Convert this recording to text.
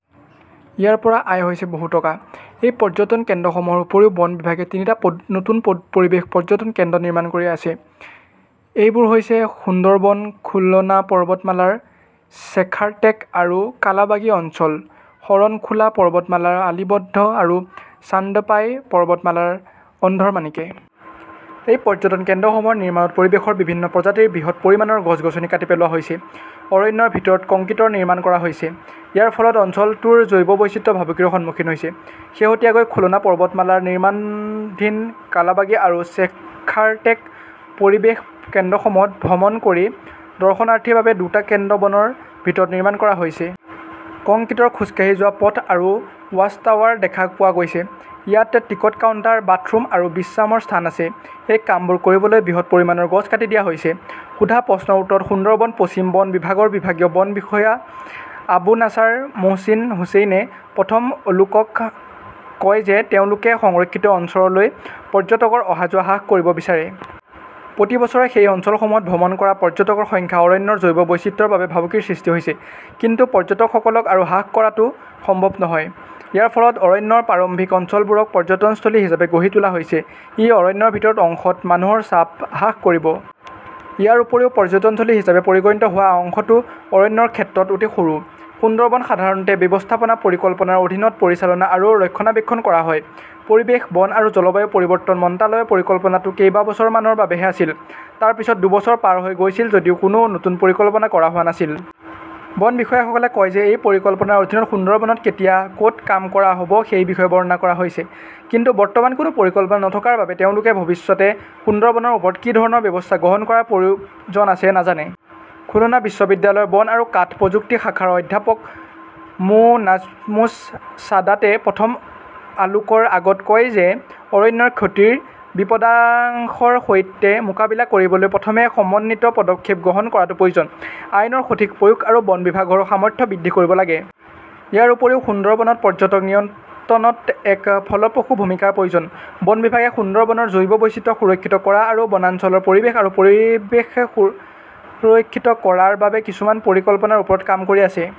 ইয়াৰ পৰা আয় হৈছে বহু টকা। এই পৰ্যটন কেন্দ্ৰসমূহৰ উপৰিও বন বিভাগে তিনিটা নতুন পৰিৱেশ পৰ্যটন কেন্দ্ৰ নিৰ্মাণ কৰি আছে। এইবোৰ হৈছে সুন্দৰবনৰ খুলনা পৰ্বতমালাৰ শ্বেখাৰটেক আৰু কালাবাগী অঞ্চল, শৰণখোলা পৰ্বতমালাৰ আলিবন্ধা আৰু চান্দপাই পৰ্বতমালাৰ অন্ধৰমানিকে। এই পৰ্যটন কেন্দ্ৰসমূহৰ নিৰ্মাণত পৰিৱেশৰ বিভিন্ন প্ৰজাতিৰ বৃহৎ পৰিমাণৰ গছ-গছনি কাটি পেলোৱা হৈছে। অৰণ্যৰ ভিতৰত কংক্ৰিটৰ নিৰ্মাণ কৰা হৈছে। ইয়াৰ ফলত অঞ্চলটোৰ জৈৱ বৈচিত্ৰ্য ভাবুকিৰ সন্মুখীন হৈছে। শেহতীয়াকৈ খুলনা পৰ্বতমালাৰ নিৰ্মাণধীন কালাবাগী আৰু শ্বেখাৰটেক পৰিৱেশ কেন্দ্ৰসমূহত ভ্ৰমণ কৰি দৰ্শনাৰ্থীৰ বাবে দুটা কেন্দ্ৰ বনৰ ভিতৰত নিৰ্মাণ কৰা হৈছিল। কংক্ৰিটৰ খোজকাঢ়ি যোৱা পথ আৰু ৱাচ টাৱাৰ দেখা পোৱা গৈছিল। ইয়াত টিকট কাউণ্টাৰ, বাথৰুম আৰু বিশ্ৰামৰ স্থান আছে। এই কামবোৰ কৰিবলৈ বৃহৎ পৰিমাণৰ গছ কাটি দিয়া হৈছে। সোধা প্ৰশ্নৰ উত্তৰত সুন্দৰবন পশ্চিম বন বিভাগৰ বিভাগীয় বন বিষয়া আবু নাছাৰ মোহচিন হুচেইনে প্ৰথম আলোকক কয় যে তেওঁলোকে সংৰক্ষিত অৰণ্যলৈ পৰ্যটকৰ অহা-যোৱা হ্ৰাস কৰিব বিচাৰে। প্ৰতি বছৰে সেই অঞ্চলসমূহত ভ্ৰমণ কৰা পৰ্যটকৰ সংখ্যা অৰণ্যৰ জৈৱ বৈচিত্ৰ্যৰ বাবে ভাবুকিৰ সৃষ্টি কৰে। কিন্তু পৰ্যটকসকলক আৰু হ্ৰাস কৰাটো সম্ভৱ নহয়। ইয়াৰ ফলত অৰণ্যৰ প্ৰাৰম্ভিক অঞ্চলবোৰক পৰ্যটনস্থলী হিচাপে গঢ়ি তোলা হৈছে। ই অৰণ্যৰ ভিতৰৰ অংশত মানুহৰ চাপ হ্ৰাস কৰিব। ইয়াৰ উপৰিও পৰ্যটনস্থলী হিচাপে পৰিগণিত হোৱা অংশটো অৰণ্যৰ ক্ষেত্ৰত অতি সৰু। সুন্দৰবন সাধাৰণতে ব্যৱস্থাপনা পৰিকল্পনাৰ অধীনত পৰিচালনা আৰু ৰক্ষণাবেক্ষণ কৰা হয়। পৰিৱেশ, বন আৰু জলবায়ু পৰিৱৰ্তন মন্ত্ৰালয়ৰ পৰিকল্পনাটো কেইবছৰ মানৰ বাবেহ আছিল। তাৰ পিছত দুবছৰ পাৰ হৈ গৈছিল যদিও কোনো নতুন পৰিকল্পনা কৰা হোৱা নাছিল। বন বিষয়াসকলে কয় যে এই পৰিকল্পনাৰ অধীনত সুন্দৰবনত কেতিয়া, ক'ত কাম কৰা হ'ব সেই বিষয়ে বৰ্ণনা কৰা হৈছে। কিন্তু বৰ্তমান কোনো পৰিকল্পনা নথকাৰ বাবে তেওঁলোকে ভৱিষ্যতে সুন্দৰবনৰ ওপৰত কি ধৰণৰ ব্যৱস্থা গ্ৰহণ কৰাৰ প্ৰয়োজন আছে নাজানে। খুলনা বিশ্ববিদ্যালয়ৰ বন আৰু কাঠ প্ৰযুক্তি শাখাৰ অধ্যাপক মো. নাজমুছ ছাদাতে প্ৰথম আলোকৰ আগত কয় যে অৰণ্যৰ ক্ষতিৰ বিপদাশংকাৰ সৈতে মোকাবিলা কৰিবলৈ প্ৰথমে সমন্বিত পদক্ষেপ গ্ৰহণ কৰাটো প্ৰয়োজনীয়। আইনৰ সঠিক প্ৰয়োগ আৰু বন বিভাগৰ সামৰ্থ্য বৃদ্ধি কৰিব লাগে। ইয়াৰ উপৰিও সুন্দৰবনত পৰ্যটক নিয়ন্ত্ৰণত এক ফলপ্ৰসূ ভূমিকাৰ প্ৰয়োজন। বন বিভাগে সুন্দৰবনৰ জৈৱ বৈচিত্ৰ্য সুৰক্ষিত কৰা আৰু বনাঞ্চলৰ পৰিৱেশ আৰু পৰিৱেশ সুৰক্ষিত কৰাৰ বাবে কিছুমান পৰিকল্পনাৰ ওপৰত কাম কৰি আছে।